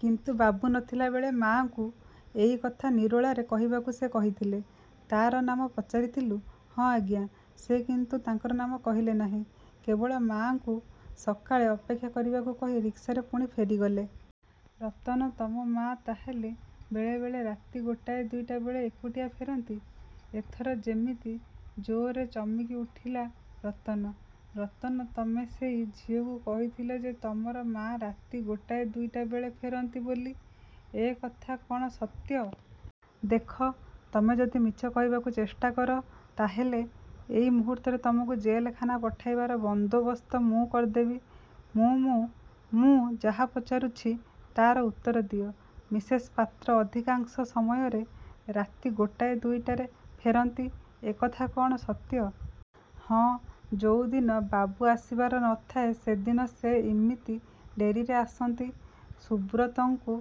କିନ୍ତୁ ବାବୁ ନ ଥିଲା ବେଳେ ମାଆଙ୍କୁ ଏଇ କଥା ନିରୋଳାରେ କହିବାକୁ ସେ କହିଥିଲେ। ' 'ତା'ର ନାମ ପଚାରିଥିଲୁ? ' 'ହଁ ଆଜ୍ଞା! ସେ କିନ୍ତୁ ତାଙ୍କର ନାମ କହିଲେ ନାହିଁ। କେବଳ ମାଆଙ୍କୁ ସକାଳେ ଅପେକ୍ଷା କରିବାକୁ କହି ରିକ୍ସାରେ ପୁଣି ଫେରିଗଲେ। ' 'ରତନ, ତମ ମାଆ ତା'ହେଲେ ବେଳେବେଳେ ରାତି ଗୋଟାଏ ଦୁଇଟା ବେଳେ ଏକୁଟିଆ ଫେରନ୍ତି? ' ଏଥର ଯେମିତି ଜୋରରେ ଚମକିଉଠିଲା ରତନ। 'ରତନ, ତମେ ସେଇ ଝିଅକୁ କହିଥିଲ ଯେ ତମର ମାଆ ରାତି ଗୋଟାଏ ଦୁଇଟା ବେଳେ ଫେରନ୍ତି ବୋଲି। ଏକଥା କ'ଣ ସତ୍ୟ? ଦେଖ, ତମେ ଯଦି ମିଛ କହିବାକୁ ଚେଷ୍ଟା କର ତା'ହେଲେ ଏଇ ମୁହୂର୍ତ୍ତରେ ତମକୁ ଜେଲଖାନା ପଠାଇବାର ବନ୍ଦୋବସ୍ତ ମୁଁ କରିଦେବି। ' 'ମୁଁ ମୁଁ. ' 'ମୁଁ ଯାହା ପଚାରୁଛି ତା'ର ଉତ୍ତର ଦିଅ। ମିସେସ୍ପାତ୍ର ଅଧିକାଶଂ ସମୟରେ ରାତି ଗୋଟାଏ ଦୁଇଟାରେ ଫେରନ୍ତି, ଏକଥା କ'ଣ ସତ୍ୟ? ' 'ହଁ, ଯୋଉଦିନ ବାବୁ ଆସିବାର ନ ଥାଏ ସେଦିନ ସେ ଇମିତି ଡେରିରେ ଆସନ୍ତି। ' 'ସୁବ୍ରତଙ୍କୁ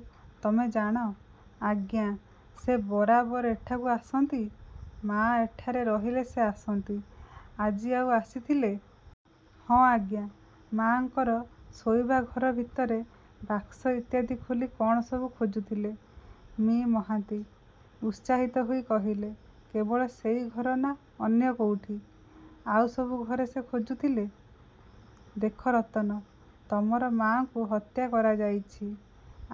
ତମେ ଜାଣ? ' 'ଆଜ୍ଞା। ' 'ସେ ବରାବର ଏଠାକୁ ଆସନ୍ତି? ' 'ମାଆ ଏଠାରେ ରହିଲେ ସେ ଆସନ୍ତି। ' 'ଆଜି ଆଉ ଆସିଥିଲେ? ' 'ହଁ, ଆଜ୍ଞା! ମାଆଙ୍କର ଶୋଇବା ଘର ଭିତରେ ବାକ୍ସ ଇତ୍ୟାଦି ଖୋଲି କ'ଣ ସବୁ ଖୋଜୁଥିଲେ। ' ମି: ମହାନ୍ତି ଉତ୍ସାହିତ ହୋଇ କହିଲେ, 'କେବଳ ସେଇ ଘର ନା ଅନ୍ୟ କୋଉଠି? ' 'ଆଉ ସବୁ ଘରେ ସେ ଖୋଜୁଥିଲେ। ' 'ଦେଖ ରତନ, ତମର ମାଆଙ୍କୁ ହତ୍ୟା କରାଯାଇଛି;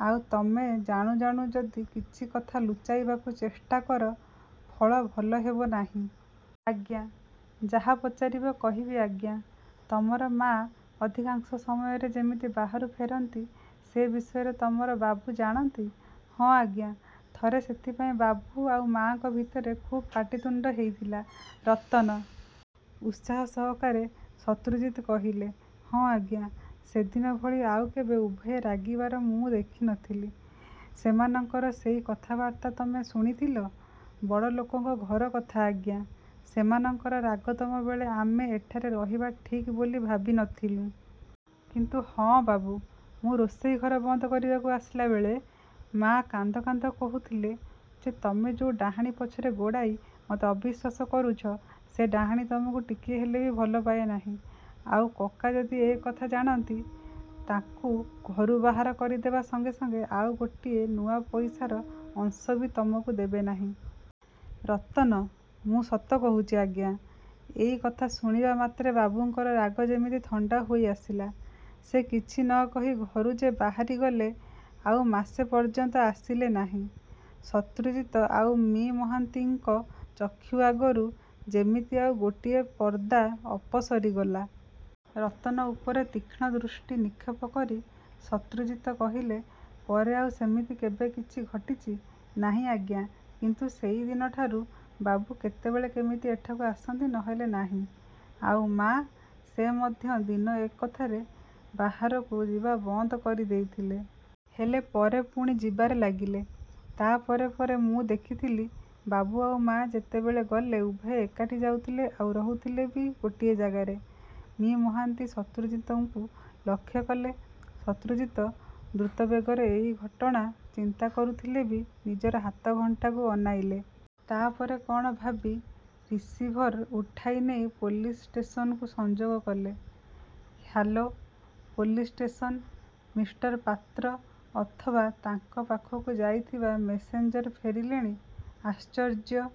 ଆଉ ତମେ ଜାଣୁ ଜାଣୁ ଯଦି କିଛି କଥା ଲୁଚାଇବାକୁ ଚେଷ୍ଟା କର; ଫଳ ଭଲ ହେବ ନାହିଁ। ' 'ଆଜ୍ଞା, ଯାହା ପଚାରିବ କହିବି ଆଜ୍ଞା! ' 'ତମର ମାଆ ଅଧିକାଂଶ ସମୟରେ ଯେମିତି ବାହାରୁ ଫେରନ୍ତି, ସେ ବିଷୟରେ ତମର ବାବୁ ଜାଣନ୍ତି? ' 'ହଁ ଆଜ୍ଞା, ଥରେ ସେଥିପାଇଁ ବାବୁ ଆଉ ମାଆଙ୍କ ଭିତରେ ଖୁବ୍ ପାଟିତୁଣ୍ଡ ହେଇଥିଲା-। ' 'ରତନ! ' ଉତ୍ସାହ ସହକାରେ ଶତ୍ରୁଜିତ କହିଲେ। 'ହଁ ଆଜ୍ଞା! ସେଦିନଭଳି ଆଉ କେବେ ଉଭୟେ ରାଗିବାର ମୁଁ ଦେଖି ନ ଥିଲି। ' 'ସେମାନଙ୍କର ସେଇ କଥାବାର୍ତ୍ତା ତମେ ଶୁଣିଥିଲ? ' 'ବଡ଼ଲୋକଙ୍କ ଘରକଥା, ଆଜ୍ଞା! ସେମାନଙ୍କର ରାଗତମ ବେଳେ ଆମେ ଏଠାରେ ରହିବା ଠିକ୍ ବୋଲି ଭାବି ନ ଥିଲୁଁ। କିନ୍ତୁ ହଁ ବାବୁ! ମୁଁ ରୋଷେଇଘର ବନ୍ଦ କରିବାକୁ ଆସିଲାବେଳେ ମାଆ କାନ୍ଦ କାନ୍ଦ କହୁଥିଲେ ଯେ ତମେ ଯୋଉ ଡାହାଣୀ ପଛରେ ଗୋଡ଼ାଇ ମୋତେ ଅବିଶ୍ୱାସ କରୁଛ, ସେ ଡାହାଣୀ ତମକୁ ଟିକିଏ ହେଲେ ବି ଭଲ ପାଏ ନାହିଁ। ଆଉ କକା ଯଦି ଏକଥା ଜାଣନ୍ତି, ତାକୁ ଘରୁ ବାହାର କରିଦେବା ସଙ୍ଗେ ସଙ୍ଗେ ଆଉ ଗୋଟିଏ ନୂଆ ପଇସାର ଅଂଶ ବି ତମକୁ ଦେବେ ନାହିଁ। ' 'ରତନ! ' 'ମୁଁ ସତ କହୁଚି, ଆଜ୍ଞା! ଏଇ କଥା ଶୁଣିବା ମାତ୍ରେ ବାବୁଙ୍କର ରାଗ ଯେମିତି ଥଣ୍ଡା ହୋଇଆସିଲା। ସେ କିଛି ନ କହି ଘରୁ ଯେ ବାହାରିଗଲେ ଆଉ ମାସେ ପର୍ଯ୍ୟନ୍ତ ଆସିଲେ ନାହିଁ। '। ଶତ୍ରୁଜିତ ଆଉ ମି: ମହାନ୍ତିଙ୍କ ଚକ୍ଷୁ ଆଗରୁ ଯେମିତି ଆଉ ଗୋଟିଏ ପର୍ଦ୍ଦା ଅପସରିଗଲା-। ରତନ ଉପରେ ତୀକ୍ଷ୍ଣ ଦୃଷ୍ଟି ନିକ୍ଷେପ କରି ଶତ୍ରୁଜିତ କହିଲେ, 'ପରେ ଆଉ ସେମିତି କେବେ କିଛି ଘଟିଚି? ' 'ନାହିଁ ଆଜ୍ଞା! କିନ୍ତୁ ସେଇଦିନଠାରୁ ବାବୁ କେତେବେଳେ କେମିତି ଏଠାକୁ ଆସନ୍ତି, ନ ହେଲେ ନାହିଁ। ' 'ଆଉ ମା? ' 'ସେ ମଧ୍ୟ ଦିନ ଏକଥାରେ ବାହାରକୁ ଯିବା ବନ୍ଦ କରିଦେଇଥିଲେ। ହେଲେ ପରେ ପୁଣି ଯିବାରେ ଲାଗିଲେ। ତା'ପରେ ପରେ ମୁଁ ଦେଖିଥିଲି, ବାବୁ ଆଉ ମା ଯେତେବେଳେ ଗଲେ, ଉଭୟେ ଏକାଠି ଯାଉଥିଲେ ଆଉ ରହୁଥିଲେ ବି ଗୋଟିଏ ଜାଗାରେ। ' ମି: ମହାନ୍ତି ଶତ୍ରୁଜିତଙ୍କୁ ଲକ୍ଷ୍ୟ କଲେ। ଶତ୍ରୁଜିତ ଦ୍ରୁତବେଗରେ ଏଇ ଘଟଣା ଚିନ୍ତା କରୁଥିଲେ ବି ନିଜର ହାତଘଣ୍ଟାକୁ ଅନାଇଲେ। ତା'ପରେ କଣ ଭାବି ରିସିଭର ଉଠାଇନେଇ ପୋଲିସ ଷ୍ଟେସନକୁ ସଂଯୋଗ କଲେ। 'Hello police station! Mister Patra ଅଥବା ତାଙ୍କ ପାଖକୁ ଯାଇଥିବା ମେସେଞ୍ଜର ଫେରିଲେଣି? ' 'ଆଶ୍ଚର୍ଯ୍ୟ '!